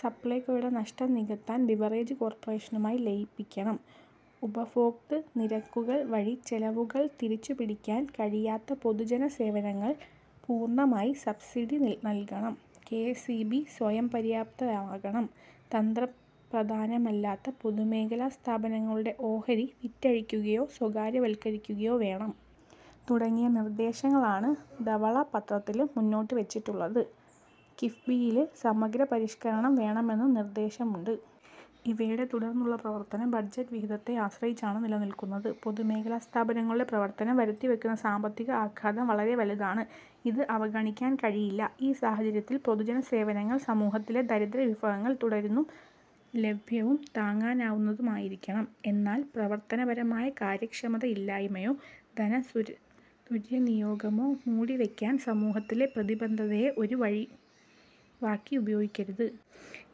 സപ്ലൈകോയുടെ നഷ്ടം നികത്താന് ബിവറേജ് കോര്പ്പറേഷനുമായി ലയിപ്പിക്കണം. ഉപഭോക്തൃ നിരക്കുകള് വഴി ചെലവുകള് തിരിച്ചുപിടിക്കാന് കഴിയാത്ത പൊതുജന സേവനങ്ങള്ക്ക് പൂര്ണ സബ്സിഡി നല്കണം, കെഎസ്ഇബി സ്വയംപര്യാപ്തമാകണം, തന്ത്രപ്രധാനമല്ലാത്ത പൊതുമേഖലാ സ്ഥാപനങ്ങളുടെ ഓഹരി വിറ്റഴിക്കുകയോ സ്വകാര്യവല്ക്കരിക്കുകയോ വേണം തുടങ്ങിയ നിര്ദേശങ്ങളാണ് ധവളപത്രത്തില് മുന്നോട്ടുവച്ചിട്ടുള്ളത്. കിഫ്ബിയില് സമഗ്ര പരിഷ്കരണം വേണമെന്നും നിര്ദേശമുണ്ട്. ഇവയുടെ തുടര്ന്നുള്ള പ്രവര്ത്തനം ബജറ്റ് വിഹിതത്തെ ആശ്രയിച്ചാണ് നിലനില്ക്കുന്നത്. പൊതുമേഖലാ സ്ഥാപനങ്ങളുടെ പ്രവര്ത്തനം വരുത്തിവെക്കുന്ന സാമ്പത്തിക ആഘാതം വളരെ വലുതാണ്, അത് അവഗണിക്കാന് കഴിയില്ല. ഈ സാഹചര്യത്തില്, പൊതുജന സേവനങ്ങള് സമൂഹത്തിലെ ദരിദ്ര വിഭാഗങ്ങള്ക്ക് തുടര്ന്നും ലഭ്യവും താങ്ങാനാവുന്നതുമായിരിക്കണം. എന്നാല്, പ്രവര്ത്തനപരമായ കാര്യക്ഷമതയില്ലായ്മയോ ധന ദുര്വിനിയോഗമോ മൂടിവെക്കാന് സാമൂഹിക പ്രതിബദ്ധതയെ ഒരു ഒഴികഴിവായി ഉപയോഗിക്കരുത്.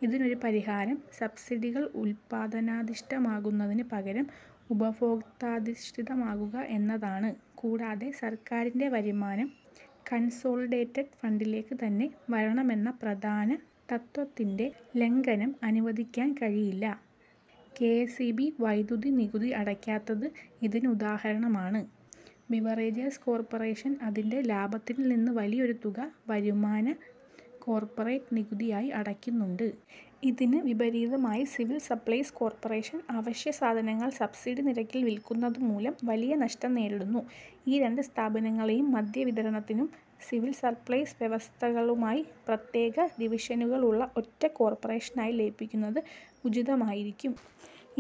ഇതിനൊരു പരിഹാരം, സബ്സിഡികള് ഉല്പാദനാധിഷ്ഠിതമാക്കുന്നതിന് പകരം ഉപഭോഗാധിഷ്ഠിതമാക്കുക എന്നതാണ്. കൂടാതെ, സര്ക്കാരിന്റെ വരുമാനം കണ്സോളിഡേറ്റഡ് ഫണ്ടിലേക്ക് തന്നെ വരണമെന്ന പ്രധാന തത്ത്വത്തിന്റെ ലംഘനം അനുവദിക്കാന് കഴിയില്ല. കെഎസ്ഇബി വൈദ്യുതി നികുതി അടയ്ക്കാത്തത് ഇതിന് ഉദാഹരണമാണ്. ബിവറേജസ് കോര്പ്പറേഷന് അതിന്റെ ലാഭത്തില് നിന്ന് വലിയൊരു തുക വരുമാന/ കോര്പ്പറേറ്റ് നികുതിയായി അടയ്ക്കുന്നുണ്ട്. ഇതിന് വിപരീതമായി, സിവില് സപ്ലൈസ് കോര്പ്പറേഷന് അവശ്യ സാധനങ്ങള് സബ്സിഡി നിരക്കില് വില്ക്കുന്നതുമൂലം വലിയ നഷ്ടം നേരിടുന്നു. ഈ രണ്ട് സ്ഥാപനങ്ങളെയും മദ്യവിതരണത്തിനും സിവില് സപ്ലൈസ്/ വ്യവസ്ഥകള്ക്കുമായി പ്രത്യേക ഡിവിഷനുകളുള്ള ഒറ്റ കോര്പ്പറേഷനായി ലയിപ്പിക്കുന്നത് ഉചിതമായിരിക്കും.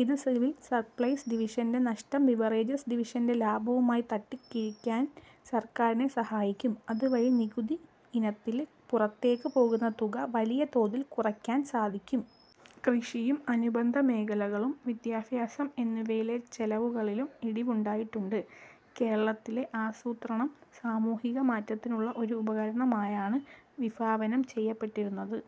ഇത് സിവില് സപ്ലൈസ് ഡിവിഷന്റെ നഷ്ടം ബിവറേജസ് ഡിവിഷന്റെ ലാഭവുമായി തട്ടിക്കിഴിക്കാന് സര്ക്കാരിനെ സഹായിക്കും, അതുവഴി നികുതി ഇനത്തില് പുറത്തേക്ക് പോകുന്ന തുക വലിയ തോതില് കുറയ്ക്കാന് സാധിക്കും. കൃഷിയും അനുബന്ധ മേഖലകളും, വിദ്യാഭ്യാസം എന്നിവയിലെ ചെലവുകളിലും ഇടിവുണ്ടായിട്ടുണ്ട്. കേരളത്തിലെ ആസൂത്രണം സാമൂഹിക മാറ്റത്തിനുള്ള ഒരു ഉപകരണമായാണ് വിഭാവനം ചെയ്യപ്പെട്ടിരുന്നത്.